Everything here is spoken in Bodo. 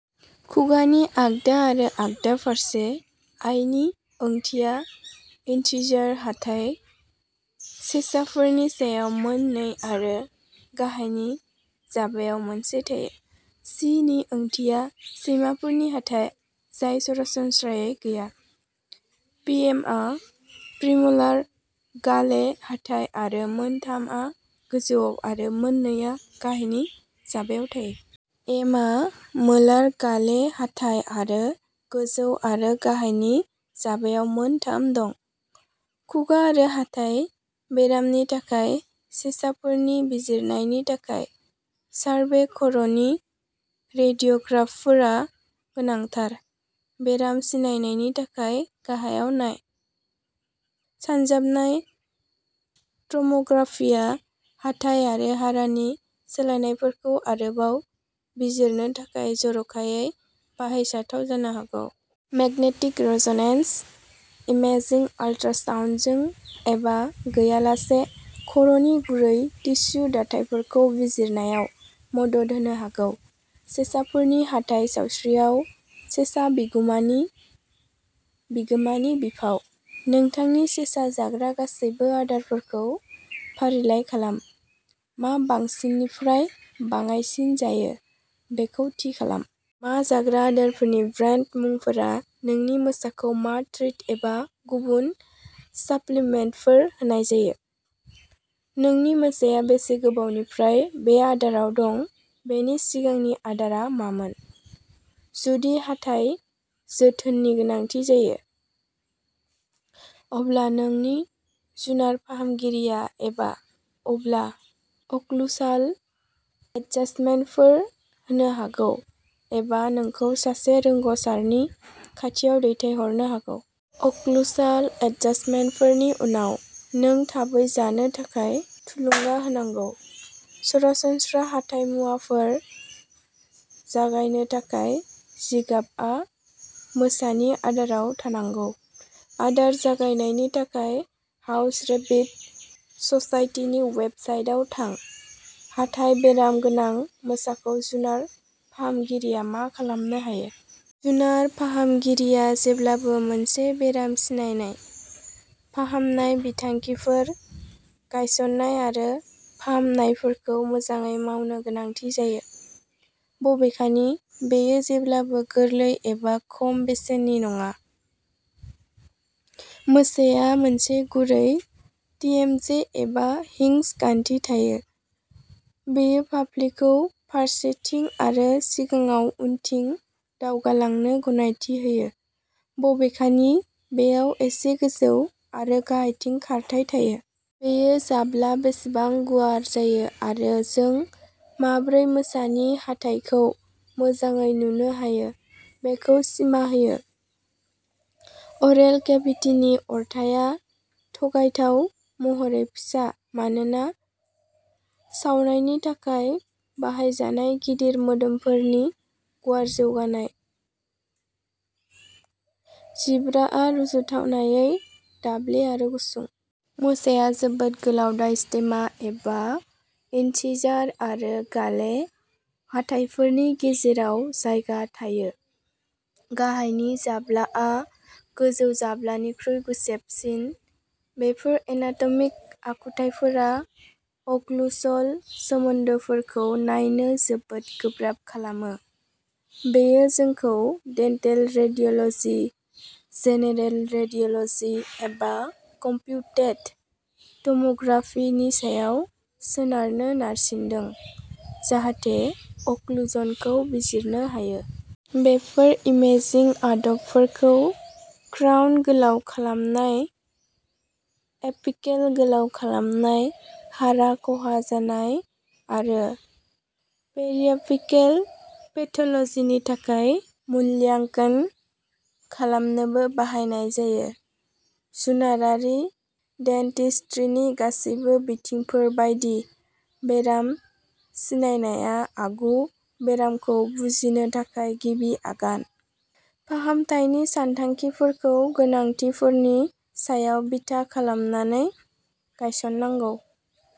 खुगानि आगदा आरो आगदा फारसे। आइ नि ओंथिया इन्सिजार हाथाइ। सेसाफोरनि सायाव मोन नै आरो गाहायनि जाबायाव मोनसे थायो। सि नि ओंथिया सैमाफोरनि हाथाइ जाय सरासनस्रायै गैया। पिएमआ प्रिम'लार गाले हाथाइ आरो मोन थामआ गोजौआव आरो मोन नै आ गाहायनि जाबायाव थायो। एमआ मोलार गाले हाथाइ आरो गोजौ आरो गाहायनि जाबायाव मोन थाम दं। खुगा आरो हाथाइ बेरामनि थाखाय सेसाफोरनि बिजिरनायनि थाखाय सार्भे खर'नि रेडिय'ग्राफफोरा गोनांथार। बेराम सिनायनायनि थाखाय गाहायाव नाय। सानजाबनाय टम'ग्राफिया हाथाइ आरो हारानि सोलायनायफोरखौ आरोबाव बिजिरनो थाखाय जर'खायै बाहायजाथाव जानो हागौ। मेगनेटिक रेज'नेन्स इमेजिं आल्ट्रासाउन्डजों एबा गैयालासे खर'नि गुरै टिस्यु दाथायफोरखौ बिजिरनायाव मदद होनो हागौ। सेसाफोरनि हाथाइ सावस्रियाव सेसा बिगुमानि बिगोमानि बिफाव। नोंथांनि सेसा जाग्रा गासैबो आदारफोरखौ फारिलाइ खालाम; मा बांसिननिफ्राय बाङाइसिन जायो बेखौ थि खालाम। मा जाग्रा आदारफोरनि ब्रान्ड मुंफोरा नोंनि मोसाखौ मा ट्रिट एबा गुबुन साप्लिमेन्टफोर होनाय जायो? नोंनि मोसाया बेसे गोबावनिफ्राय बे आदाराव दं, बेनि सिगांनि आदारआ मामोन? जुदि हाथाइ जोथोननि गोनांथि जायो, अब्ला नोंनि जुनार फाहामगिरिया एबा अब्ला अक्लुसाल एडजस्टमेन्टफोर होनो हागौ एबा नोंखौ सासे रोंग'सारनि खाथियाव दैथायहरनो हागौ। अक्लुसाल एडजस्टमेन्टफोरनि उनाव, नों थाबै जानो थाखाय थुलुंगा होनांगौ। सरासनस्रा हाथाइ मुवाफोर जगायनो थाखाय जिगाबआ मोसानि आदाराव थानांगौ। आदार जगायनायनि थाखाय हाउस रेबिट ससाइटिनि वेबसाइटाव थां। हाथाइ बेराम गोनां मोसाखौ जुनार फाहामगिरिया मा खालामनो हायो? जुनार फाहामगिरिया जेब्लाबो मोनसे बेराम सिनायनाय, फाहामनाय बिथांखिफोर गायसन्नाय आरो फाहामनायफोरखौ मोजाङै मावनो गोनांथि जायो। बबेखानि बेयो जेब्लाबो गोरलै एबा खम बेसेननि नङा। मोसाया मोनसे गुरै टिएमजे एबा "हिंज गान्थि" थायो। बेयो फाफ्लिखौ फारसेथिं आरो सिगाङाव उनथिं दावगालांनो गनायथि होयो, बबेखानि बेयाव एसे गोजौ आरो गाहायथिं खारथाइ थायो। बेयो जाब्ला बेसेबां गुवार जायो आरो जों माब्रै मोसानि हाथाइखौ मोजाङै नुनो हायो बेखौ सिमा होयो। अरेल केभिटिनि अरथाइया थगायथाव महरै फिसा मानोना सावनायनि थाखाय बाहायजानाय गिदिर मोदोमफोरनि गुवार जौगानाय। जिब्राआ रुजुथावनायै दाब्ले आरो गुसुं। मोसाया जोबोद "गोलाव डायस्टेमा" एबा इनसिजार आरो गाले हाथाइफोरनि गेजेराव जायगा थायो। गाहायनि जाब्लाआ गोजौ जाब्ला निख्रुइ गुसेबसिन। बेफोर एनाटमिक आखुथायफोरा अक्लुसल सोमोन्दोफोरखौ नायनो जोबोद गोब्राब खालामो। बेयो जोंखौ डेन्टेल रेडिय'ल'जि, जेनेरेल रेडिय'ल'जि एबा कम्पिउटेड टम'ग्राफि नि सायाव सोनारनो नारसिनदों, जाहाथे अक्लुजनखौ बिजिरनो हायो। बेफोर इमेजिं आदबफोरखौ क्राउन गोलाव खालामनाय, एपिकेल गोलाव खालामनाय, हारा खहा जानाय आरो पेरियापिकेल पेथ'ल'जि नि थाखाय मूल्याङ्कन खालामनोबो बाहायनाय जायो। जुनारारि डेन्टिस्ट्रिनि गासैबो बिथिंफोर बायदि, बेराम सिनायनाया आगु बेरामखौ बुजिनो थाखाय गिबि आगान। फाहामथायनि सानथांखिफोरखौ गोनांथिफोरनि सायाव बिथा खालामनानै गायसननांगौ।